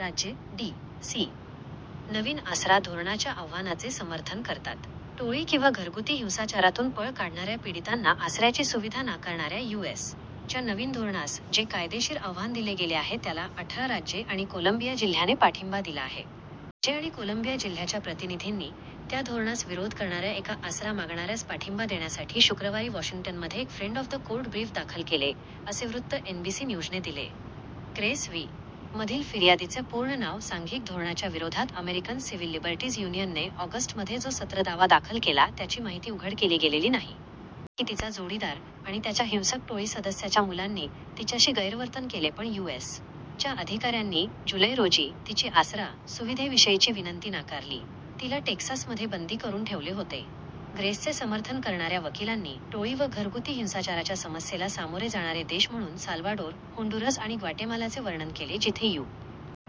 राज्ये, D. C. नवीन आसरा धोरणाच्या आव्हानाचे समर्थन करतात. टोळी किंवा घरगुती हिंसाचारातून पळ काढणाऱ्या पीडितांना आसऱ्याची सुविधा नाकारणाऱ्या यू. एस. च्या नवीन धोरणास जे कायदेशीर आव्हान दिले गेले आहे त्याला अठरा राज्ये आणि कोलंबिया जिल्ह्याने पाठिंबा दिला आहे. राज्ये आणि कोलंबिया जिल्ह्याच्या प्रतिनिधींनी, त्या धोरणास विरोध करणाऱ्या एका आसरा-मागणाऱ्यास पाठिंबा देण्यासाठी शुक्रवारी वॉशिंग्टनमध्ये एक फ्रेंड-ऑफ-द-कोर्ट ब्रीफ दाखल केले, असे वृत्त एनबीसी न्यूजने दिले. Grace v. मधील फिर्यादीचे पूर्ण नाव सांघिक धोरणाच्या विरोधात अमेरिकन सिव्हिल लिबर्टीज यूनियनने ऑगस्टमध्ये जो सत्र दावा दाखल केला त्याची माहिती उघड केली गेलेली नाही. ती म्हणाली की तिचा जोडीदार "आणि त्याच्या हिंसक टोळी सदस्याच्या मुलांंनी" तिच्याशी गैरवर्तन केले पण यू. एस. च्या अधिकाऱ्यांनी जुलै रोजी तिची आसरा सुविधेविषयीची विनंती नाकारली. तिला टेक्सासमध्ये बंदी करून ठेवले होते. ग्रेसचे समर्थन करणाऱ्या वकिलांनी टोळी व घरगुती हिंसाचाराच्या समस्येला सामोरे जाणारे देश म्हणून साल्वाडोर, होंडुरस आणि ग्वाटेमालाचे वर्णन केले, जिथे यू. एस.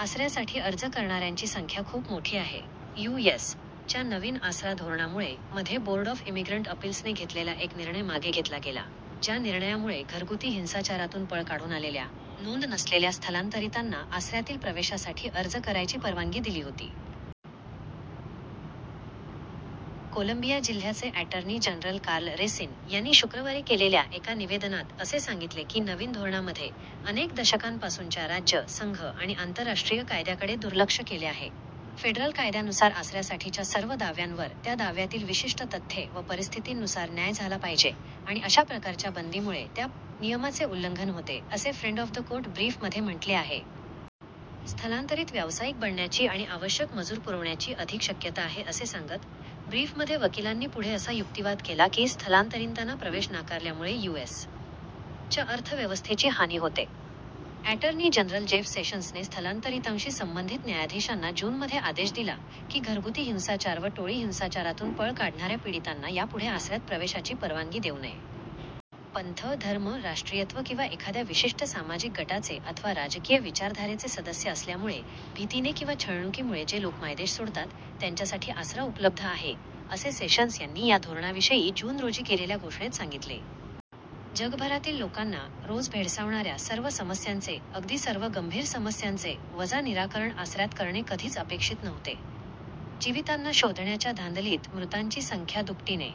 आसऱ्यासाठी अर्ज करणाऱ्यांची संख्या खूप मोठी आहे. यू. एस. च्या नवीन आसरा धोरणामुळे मध्ये बोर्ड ऑफ इमिग्रंट अपील्सने घेतलेला एक निर्णय मागे घेतला गेला, ज्या निर्णयामुळे घरगुती हिंसाचारातून पळ काढून आलेल्या, नोंद नसलेल्या स्थलांतरीतांना आसऱ्यातील प्रवेशासाठी अर्ज करायची परवानगी दिली होती. कोलंबिया जिल्ह्याचे अॅटर्नी जनरल कार्ल रेसिन यांनी शुक्रवारी केलेल्या एका निवेदनात असे सांगितले की नवीन धोरणामध्ये "अनेक दशकांपासूनच्या राज्य, संघ आणि आंतरराष्ट्रीय कायद्याकडे दुर्लक्ष केले आहे. " "फेडरल कायद्यानुसार आसऱ्यासाठीच्या सर्व दाव्यांवर, त्या दाव्यातील विशिष्ट तथ्ये व परिस्थितींनुसार न्याय झाला पाहिजे आणि अशा प्रकारच्या बंदीमुळे त्या नियमाचे उल्लंघन होते," असे फ्रेंड-ऑफ-द कोर्ट ब्रीफमध्ये म्हटले आहे. स्थलांतरीत व्यावसायिक बनण्याची आणि "आवश्यक मजूर पुरवण्याची" अधिक शक्यता आहे असे सांगत ब्रीफमध्ये वकिलांनी पुढे असा युक्तिवाद केला की स्थलांतरींताना प्रवेश नाकारल्यामुळे यू. एस. च्या अर्थव्यवस्थेची हानी होते अॅटर्नी जनरल जेफ सेशंसने स्थलांतरीतांशी संंबंधित न्यायाधीशांना जूनमध्ये आदेश दिला की घरगुती हिंसाचार व टोळी हिंसाचारातून पळ काढणाऱ्या पीडितांना यापुढे आसऱ्यात प्रवेशाची परवानगी देऊ नये. "पंथ, धर्म, राष्ट्रीयत्व किंवा एखाद्या विशिष्ट सामाजिक गटाचे अथवा राजकीय विचारधारेचे सदस्य असल्यामुळे भीतीने किंवा छळणुकीमुळे जे लोक मायदेश सोडतात त्यांच्यासाठी आसरा उपलब्ध आहे," असे सेशंस यांनी या धोरणाविषयी जून रोजी केलेल्या घोषणेत सांगितले. जगभरातील लोकांना रोज भेडसावणाऱ्या सर्व समस्यांचे -- अगदी सर्व गंभीर समस्यांचे -- निराकरण आसऱ्यात करणे कधीच अपेक्षित नव्हते. जीवितांना शोधण्याच्या धांदलीत मृतांची संख्या दुपटीने